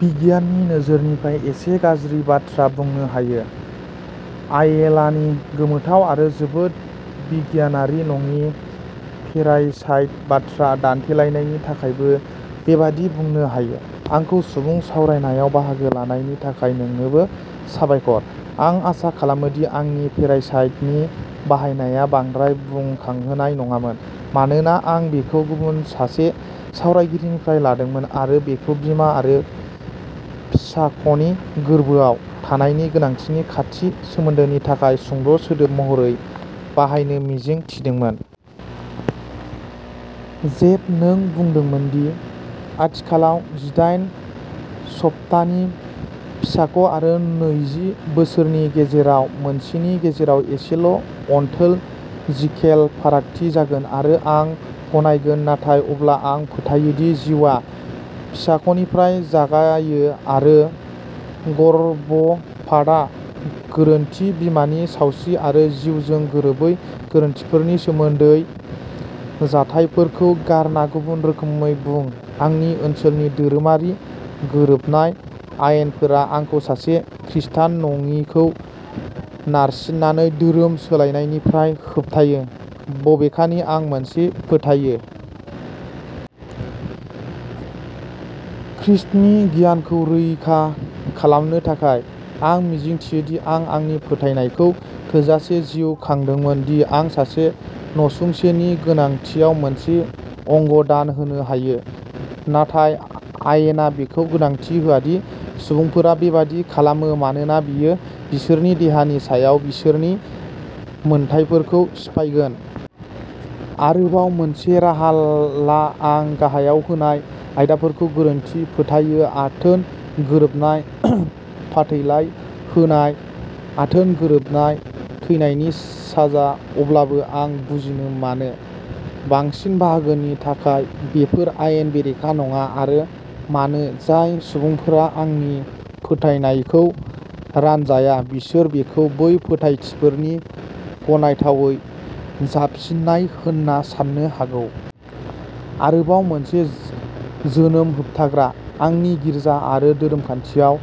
बिगियाननि नोजोरनिफ्राय एसे गाज्रि बाथ्रा बुंनो हायो। आयेलानि गोमोथाव आरो जोबोद बिगियानारि नङि पेरासाइट बाथ्रा दान्थेलायनायनि थाखायबो बेबादि बुंनो हायो। आंखौ सुबुं सावरायनायाव बाहागो लानायनि थाखाय नोंनोबो साबायखर। आं आसा खालामो दि आंनि पेरासाइट नि बाहायनाया बांद्राय बुखांहोनाय नङामोन, मानोना आं बेखौ गुबुन सासे सावरायगिरिनिफ्राय लादोंमोन आरो बेखौ बिमा आरो फिसाख'नि गोरबोआव थानायनि गोनांथिनि खाथि सोमोन्दोनि थाखाय सुंद' सोदोब महरै बाहायनो मिजिं थिदोंमोन। जेफ, नों बुंदोंमोन दि आथिखालाव जिदायेन सप्तानि फिसाख' आरो नैजि बोसोरनि गेजेराव मोनसेनि गेजेराव एसेल' अनटोल'जिकेल फारागथि जागोन, आरो आं गनायगोन नाथाय अब्ला, आं फोथायो दि जिउआ फिसाख'निफ्राय जागायो, आरो गर्भपातआ गोरोन्थि बिमानि सावस्रि आरो जिउजों गोरोबै गोरोन्थिफोरनि सोमोन्दै जाथायफोरखौ गारना गुबुन रोखोमै बुं आंनि ओनसोलनि धोरोमारि गोरोबनाय आयेनफोरा आंखौ सासे खृस्टान नङिखौ नारसिननानै धोरोम सोलायनायनिफ्राय होबथायो, बबेखानि आं मोनसे फोथायो। खृष्टनि गियानखौ रैखा खालामनो थाखाय। आं मिजिंथियो दि आं आंनि फोथायनायखौ थोजासे जिउ खांदोंमोन दि आं सासे नसुंसेनि गोनांथियाव मोनसे अंग दान होनो हायो, नाथाय आयेना बेखौ गोनांथि होआ दि सुबुंफोरा बेबादि खालामो, मानोना बेयो बिसोरनि देहानि सायाव बिसोरनि मोन्थाइफोरखौ सिफायगोन। आरोबाव मोनसे राहा ला आं गाहायाव होनाय आयदाफोरखौ गोरोन्थि फोथायो आथोन गोरोबनाय, फाथैलाइ होनाय, आथोन गोरोबनाय, थैनायनि साजा। अब्लाबो आं बुजियो मानो, बांसिन बाहागोनि थाखाय, बेफोर आयेन बेरेखा नङा, आरो मानो जाय सुबुंफोरा आंनि फोथायनायखौ रानजाया बिसोर बेखौ बै फोथायथिफोरनि गनायथावै जाबसिननाय होनना सान्नो हागौ। आरोबाव मोनसे जोनोम होबथाग्रा। आंनि गिर्जा आरो धोरोमखान्थियाव,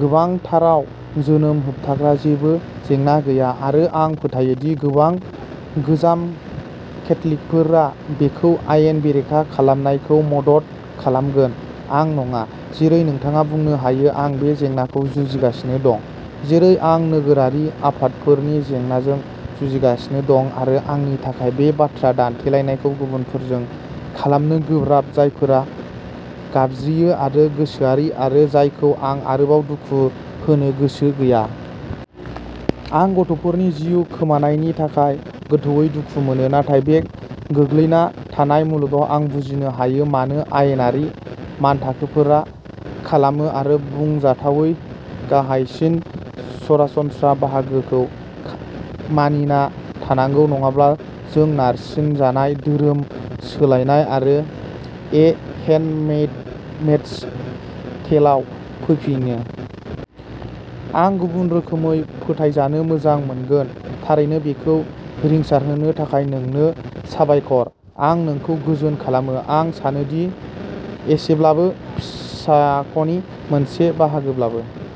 गोबांथाराव, जोनोम होबथाग्रा जेबो जेंना गैया, आरो, आं फोथायो दि गोबां गोजाम केथ'लिकफोरा बेखौ आयेन बेरेखा खालामनायखौ मदद खालामगोन, आं नङा। जेरै नोंथाङा बुंनो हायो, आं बे जेंनाजों जुजिगासिनो दं, जेरै आं नोगोरारि आफादफोरनि जेंनाजों जुजिगासिनो दं, आरो आंनि थाखाय बे बाथ्रा दान्थेलायनायखौ गुबुनफोरजों खालामनो गोब्राब जायफोरा गाबज्रियो आरो गोसोआरि, आरो जायखौ आं आरोबाव दुखु होनो गोसो गैया। आं गथ'फोरनि जिउ खोमानायनि थाखाय गोथौवै दुखु मोनो। नाथाय बे गोग्लैना थानाय मुलुगाव, आं बुजिनो हायो मानो आयेनारि मानथाखोफोरा खालामो, आरो बुंजाथावै, गाहायसिन सरासनस्रा बाहागोखौ मानिना थानांगौ नङाब्ला जों नारसिनजानाय धोरोम सोलायनाय आरो ए हेन्डमेइड्स टेलआव फैफिनो। आं गुबुन रोखोमै फोथायजानो मोजां मोनगोन, थारैनो। बेखौ रिंसारहोनो थाखाय नोंनो साबायखर। आं नोंखौ गोजोन खालामो। आं सानो दि एसेब्लाबो फिसाख'नि मोनसे बाहागोब्लाबो।